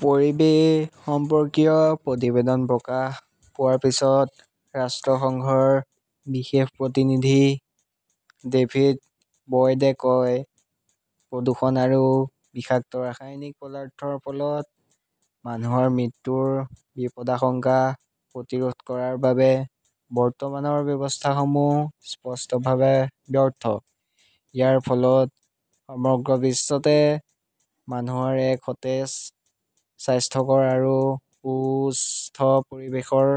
পৰিৱেশ সম্পৰ্কীয় প্ৰতিবেদন প্ৰকাশ পোৱাৰ পিছত ৰাষ্ট্ৰসংঘৰ বিশেষ প্ৰতিনিধি ডেভিদ বয়ডে কয়, প্ৰদূষণ আৰু বিষাক্ত ৰাসায়নিক পদাৰ্থৰ ফলত মানুহৰ মৃত্যুৰ বিপদাশংকা প্ৰতিৰোধ কৰাৰ বাবে বৰ্তমানৰ ব্যৱস্থাসমূহ স্পষ্টভাৱে ব্যৰ্থ। ইয়াৰ ফলত সমগ্ৰ বিশ্বতে মানুহৰ এক সতেজ, স্বাস্থ্যকৰ আৰু সুস্থ পৰিৱেশৰ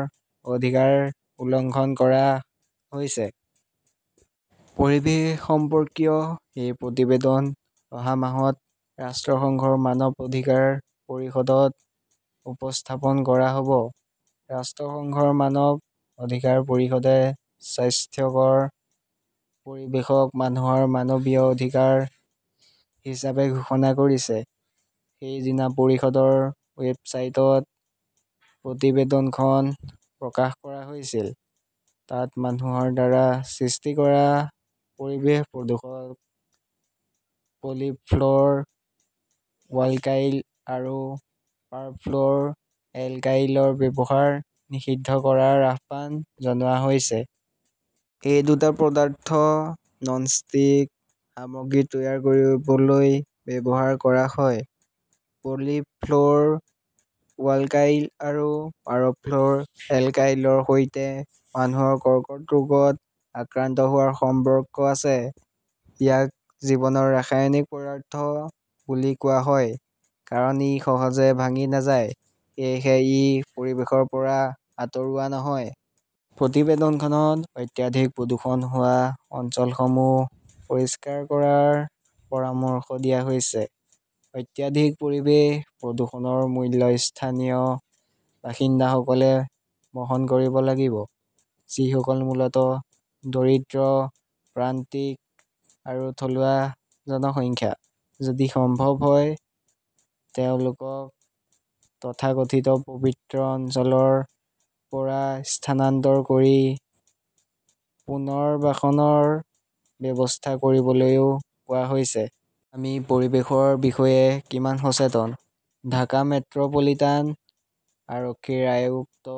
অধিকাৰ উলংঘন কৰা হৈছে। পৰিৱেশ সম্পৰ্কীয় এই প্ৰতিবেদন অহা মাহত ৰাষ্ট্ৰসংঘৰ মানৱ অধিকাৰ পৰিষদত উপস্থাপন কৰা হব। ৰাষ্ট্ৰসংঘৰ মানৱ অধিকাৰ পৰিষদে স্বাস্থ্যকৰ পৰিৱেশক মানুহৰ মানৱীয় অধিকাৰ হিচাপে ঘোষণা কৰিছে। সেইদিনা পৰিষদৰ ৱেবছাইটত প্ৰতিবেদনখন প্ৰকাশ কৰা হৈছিল। তাত মানুহৰ দ্বাৰা সৃষ্টি কৰা পৰিৱেশ প্ৰদূষক পলিফ্লৰ ৱাল্কাইল আৰু পাৰফ্লৰ এল্কাইলৰ ব্যৱহাৰ নিষিদ্ধ কৰাৰ আহ্বান জনোৱা হৈছে। এই দুটা পদাৰ্থ নন-ষ্টিক সামগ্ৰী তৈয়াৰ কৰিবলৈ ব্যৱহাৰ কৰা হয়। পলিফ্লৰ ৱাল্কাইল আৰু পাৰফ্লৰ এল্কাইলৰ সৈতে মানুহৰ কৰ্কট ৰোগত আক্ৰান্ত হোৱাৰ সম্পৰ্ক আছে। ইয়াক জীৱনৰ ৰাসায়নিক পদাৰ্থ বুলি কোৱা হয়। কাৰণ ই সহজে ভাঙি নাযায়, সেয়েহে ই পৰিৱেশৰ পৰা আঁতৰোৱা নহয়। প্ৰতিবেদনখনত অত্যাধিক প্ৰদূষণ হোৱা অঞ্চলসমূহ পৰিষ্কাৰ কৰাৰ পৰামৰ্শ দিয়া হৈছে। অত্যাধিক পৰিৱেশ প্ৰদূষণৰ মূল্য স্থানীয় বাসিন্দাসকলে বহন কৰিব লাগিব; যিসকল মূলতঃ দৰিদ্ৰ, প্ৰান্তিক আৰু থলুৱা জনসংখ্যা। যদি সম্ভৱ হয়, তেওঁলোকক তথাকথিত পবিত্ৰ অঞ্চল ৰ পৰা স্থানান্তৰ কৰি পুনৰ্বাসনৰ ব্যৱস্থা কৰিবলৈও কোৱা হৈছে। আমি পৰিৱেশৰ বিষয়ে কিমান সচেতন? ঢাকা মেট্ৰ পলিটান আৰক্ষীৰ আয়ুক্ত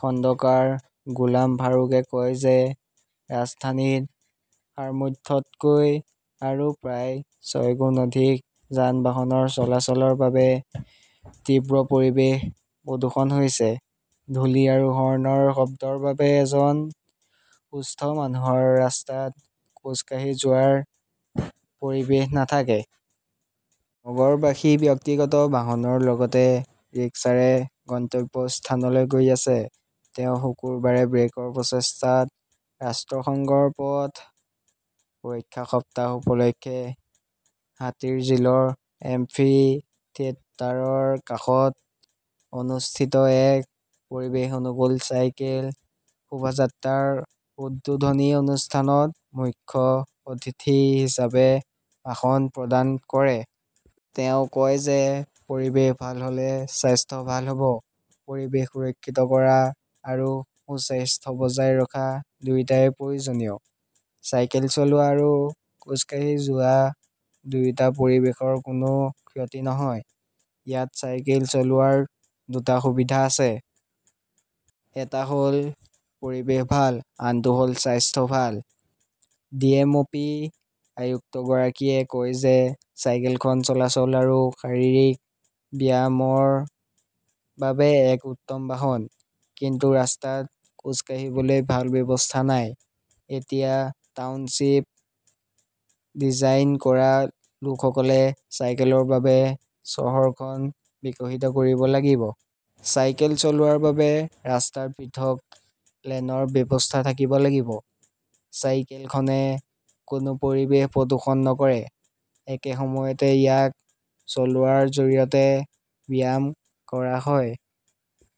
খণ্ডকাৰ গোলাম ফাৰুকে কয় যে ৰাজধানীত সামৰ্থ্যতকৈ আৰু প্ৰায় ছয়গুণ অধিক যান-বাহনৰ চলাচলৰ বাবে তীব্ৰ পৰিৱেশ প্ৰদূষণ হৈছে। ধূলি আৰু হৰ্ণৰ শব্দৰ বাবে এজন সুস্থ মানুহৰ ৰাস্তাত খোজ কাঢ়ি যোৱাৰ পৰিৱেশ নাথাকে। নগৰবাসী ব্যক্তিগত বাহনৰ লগতে ৰিক্সাৰে গন্তব্যস্থানলৈ গৈ আছে। তেওঁ শুকুৰবাৰে ব্ৰেকৰ প্ৰচেষ্টাত ৰাষ্ট্ৰসংঘৰ পথ সুৰক্ষা সপ্তাহ উপলক্ষে হাতীৰঝিলৰ এম্ফি থিয়েটাৰৰ কাষত অনুষ্ঠিত এক পৰিৱেশ-অনুকূল চাইকেল শোভাযাত্ৰৰ উদ্বোধনী অনুষ্ঠানত মুখ্য অতিথি হিচাপে ভাষণ প্ৰদান কৰে। তেওঁ কয় যে, পৰিৱেশ ভাল হ'লে স্বাস্থ্য ভাল হব। পৰিৱেশ সুৰক্ষিত কৰা আৰু সুস্বাস্থ্য বজাই ৰখা দুয়োটাই প্ৰয়োজনীয়। চাইকেল চলোৱা আৰু খোজ কাঢ়ি যোৱা দুয়োটা পৰিৱেশৰ কোনো ক্ষতি নহয়। ইয়াত চাইকেল চলোৱাৰ দুটা সুবিধা আছে। এটা হ'ল পৰিৱেশ ভাল, আনটো হ'ল স্বাস্থ্য ভাল। ডিএমপি আয়ুক্তগৰাকীয়ে কয় যে চাইকেলখন চলাচল আৰু শাৰীৰিক ব্যায়ামৰ বাবে এক উত্তম বাহন। কিন্তু ৰাস্তাত খোজ কাঢ়িবলৈ ভাল ব্যৱস্থা নাই। এতিয়া টাউনশ্বিপ ডিজাইন কৰা লোকসকলে চাইকেলৰ বাবে চহৰখন বিকশিত কৰিব লাগিব। চাইকেল চলোৱাৰ বাবে ৰাস্তাত পৃথক লেনৰ ব্যৱস্থা থাকিব লাগিব। চাইকেলখনে কোনো পৰিৱেশ প্ৰদূষণ নকৰে। একে সময়তে ইয়াক চলোৱাৰ জৰিয়তে ব্যায়াম কৰা হয়।